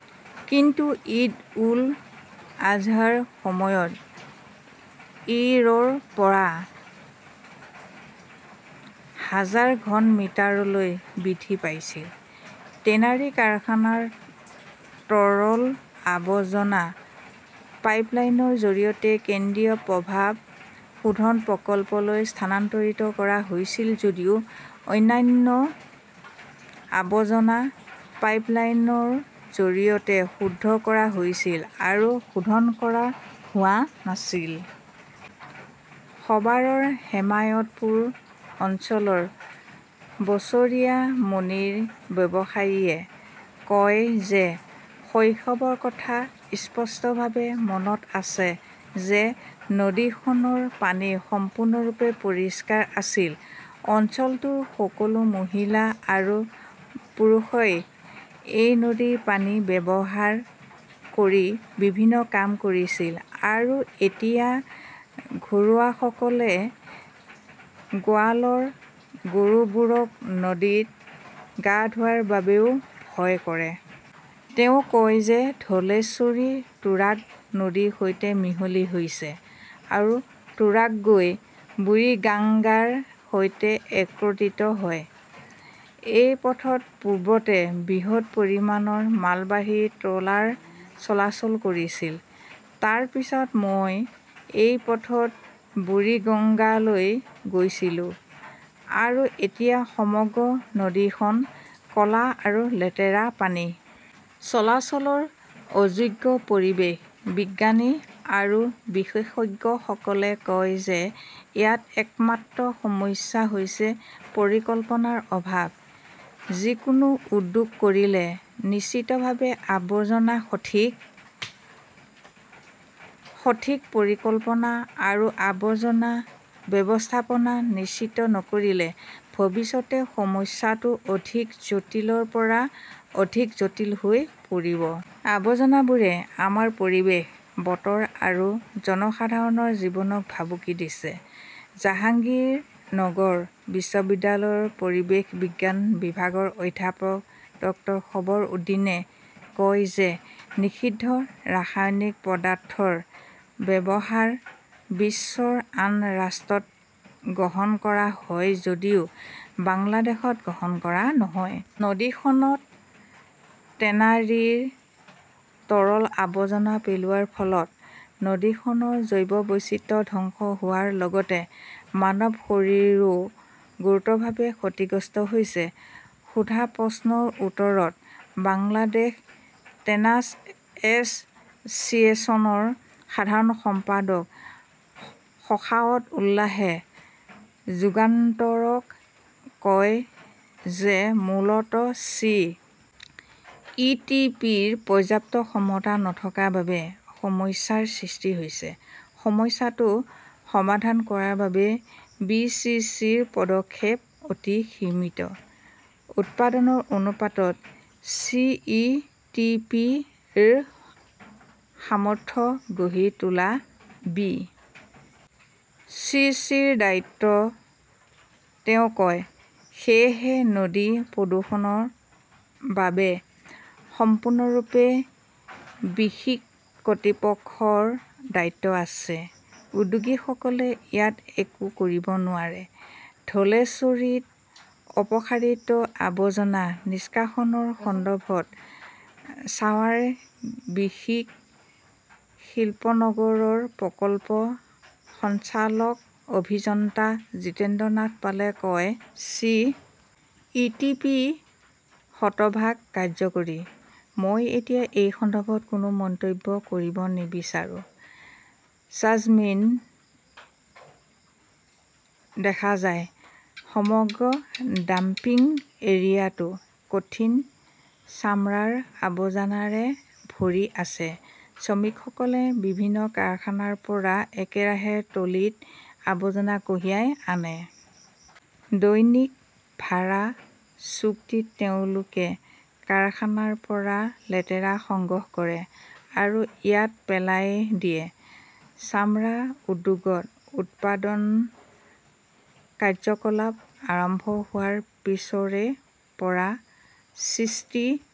কিন্তু ঈদ-উল-আজহাৰ সময়ত ই ৰ পৰা হাজাৰ ঘন মিটাৰলৈ বৃদ্ধি পাইছিল। টেনাৰী কাৰখানাৰ তৰল আৱৰ্জনা পাইপলাইনৰ জৰিয়তে কেন্দ্ৰীয় প্ৰভাৱ শোধন প্ৰকল্পলৈ স্থানান্তৰিত কৰা হৈছিল যদিও অন্যান্য আৱৰ্জনা পাইপলাইনৰ জৰিয়তে শুদ্ধ কৰা হৈছিল আৰু শোধন কৰা হোৱা নাছিল। সৱাৰৰ হেমায়তপুৰ অঞ্চলৰ বছৰীয়া মনিৰ ব্যৱসায়ীয়ে কয় যে শৈশৱৰ কথা স্পষ্টভাৱে মনত আছে যে নদীখনৰ পানী সম্পূৰ্ণৰূপে পৰিষ্কাৰ আছিল। অঞ্চলটোৰ সকলো মহিলা আৰু পুৰুষই এই নদীৰ পানী ব্যৱহাৰ কৰি বিভিন্ন কাম কৰিছিল। আৰু এতিয়া ঘৰুৱাসকলে গোৱালৰ গৰুবোৰক নদীত গা ধোৱাৰ বাবেও ভয় কৰে। তেওঁ কয় যে ধলেশ্বৰী তুৰাগ নদীৰ সৈতে মিহলি হৈছে। আৰু তুৰাগ গৈ বুৰিগাংগাৰ সৈতে একত্ৰিত হয়। এই পথত পূৰ্বতে বৃহৎ পৰিমাণৰ মালবাহী ট্ৰলাৰ চলাচল কৰিছিল। তাৰ পিছত মই এই পথত বুৰিগঙ্গালৈ গৈছিলো। আৰু এতিয়া সমগ্ৰ নদীখন ক 'লা আৰু লেতেৰা পানী। চলাচলৰ অযোগ্য। পৰিৱেশ বিজ্ঞানী আৰু বিশেষজ্ঞসকলে কয় যে ইয়াত একমাত্ৰ সমস্যা হৈছে পৰিকল্পনাৰ অভাৱ। যিকোনো উদ্যোগ কৰিলে নিশ্চিতভাৱে আৱৰ্জনা থাকিব। সঠিক পৰিকল্পনা আৰু আৱৰ্জনা ব্যৱস্থাপনা নিশ্চিত নকৰিলে, ভৱিষ্যতে সমস্যাটো অধিক জটিলৰ পৰা অধিক জটিল হৈ পৰিব। আৱৰ্জনাবোৰে আমাৰ পৰিৱেশ, বতৰ আৰু জনসাধাৰণৰ জীৱনক ভাবুকি দিছে। জাহাংগীৰনগৰ বিশ্ববিদ্যালয়ৰ পৰিৱেশ বিজ্ঞান বিভাগৰ অধ্যাপক ড খবৰ উদ্দীনে কয় যে নিষিদ্ধ ৰাসায়নিক পদাৰ্থৰ ব্যৱহাৰ বিশ্বৰ আন ৰাষ্ট্ৰত গ্ৰহণ কৰা হয় যদিও বাংলাদেশত গ্ৰহণ কৰা নহয়। নদীখনত টেনাৰীৰ তৰল আৱৰ্জনা পেলোৱাৰ ফলত নদীখনৰ জৈৱ বৈচিত্ৰ্য ধ্বংস হোৱাৰ লগতে মানৱ শৰীৰো গুৰুতৰভাৱে ক্ষতিগ্ৰস্ত হৈছে। সোধা প্ৰশ্নৰ উত্তৰত বাংলাদেশ টেনাৰ্ছ এছ "চিয়েশ্যনৰ সাধাৰণ সম্পাদক শখাৱত উল্লাহে যুগান্তৰক কয় যে মূলতঃ চি. ই. টি. পি. -ৰ পৰ্যাপ্ত ক্ষমতা নথকাৰ বাবে সমস্যাৰ সৃষ্টি হৈছে। সমস্যাটো সমাধান কৰাৰ বাবে বি. চি. চি. -ৰ পদক্ষেপ অতি সীমিত। "উৎপাদনৰ অনুপাতত চি. ই. টি. পি. -ৰ সামৰ্থ্য গঢ়ি তোলা বি. চি. চি. -ৰ দায়িত্ব", তেওঁ কয়। সেয়েহে নদী প্ৰদূষণৰ বাবে সম্পূৰ্ণৰূপে বিসিক কৰ্তৃপক্ষৰ দায়িত্ব আছে। উদ্যোগীসকলে ইয়াত একো কৰিব নোৱাৰে। "ধলেশ্বৰীত অপসাৰিত আৱৰ্জনা নিষ্কাশনৰ সন্দৰ্ভত ছাৱাৰ বিসিক শিল্পনগৰৰ প্ৰকল্প সঞ্চালক অভিযন্তা জিতেন্দ্ৰ নাথ পালে কয়", "চি. ই. টি. পি. শতভাগ কাৰ্যকৰী। " মই এতিয়া এই সন্দৰ্ভত কোনো মন্তব্য কৰিব নিবিচাৰো। 'চাৰ্জমেইন দেখা যায়, সমগ্ৰ ডাম্পিং এৰিয়াটো কঠিন চামৰাৰ আৱৰ্জনাৰে ভৰি আছে। শ্ৰমিকসকলে বিভিন্ন কাৰখানাৰ পৰা একেৰাহে ট্ৰলীত আৱৰ্জনা কঢ়িয়াই আনে। দৈনিক ভাড়া চুক্তিত তেওঁলোকে কাৰখানাৰ পৰা লেতেৰা সংগ্ৰহ কৰে আৰু ইয়াত পেলাই দিয়ে। চামৰা উদ্যোগত উৎপাদন কাৰ্যকলাপ আৰম্ভ হোৱাৰ পিছৰে পৰা সৃষ্টি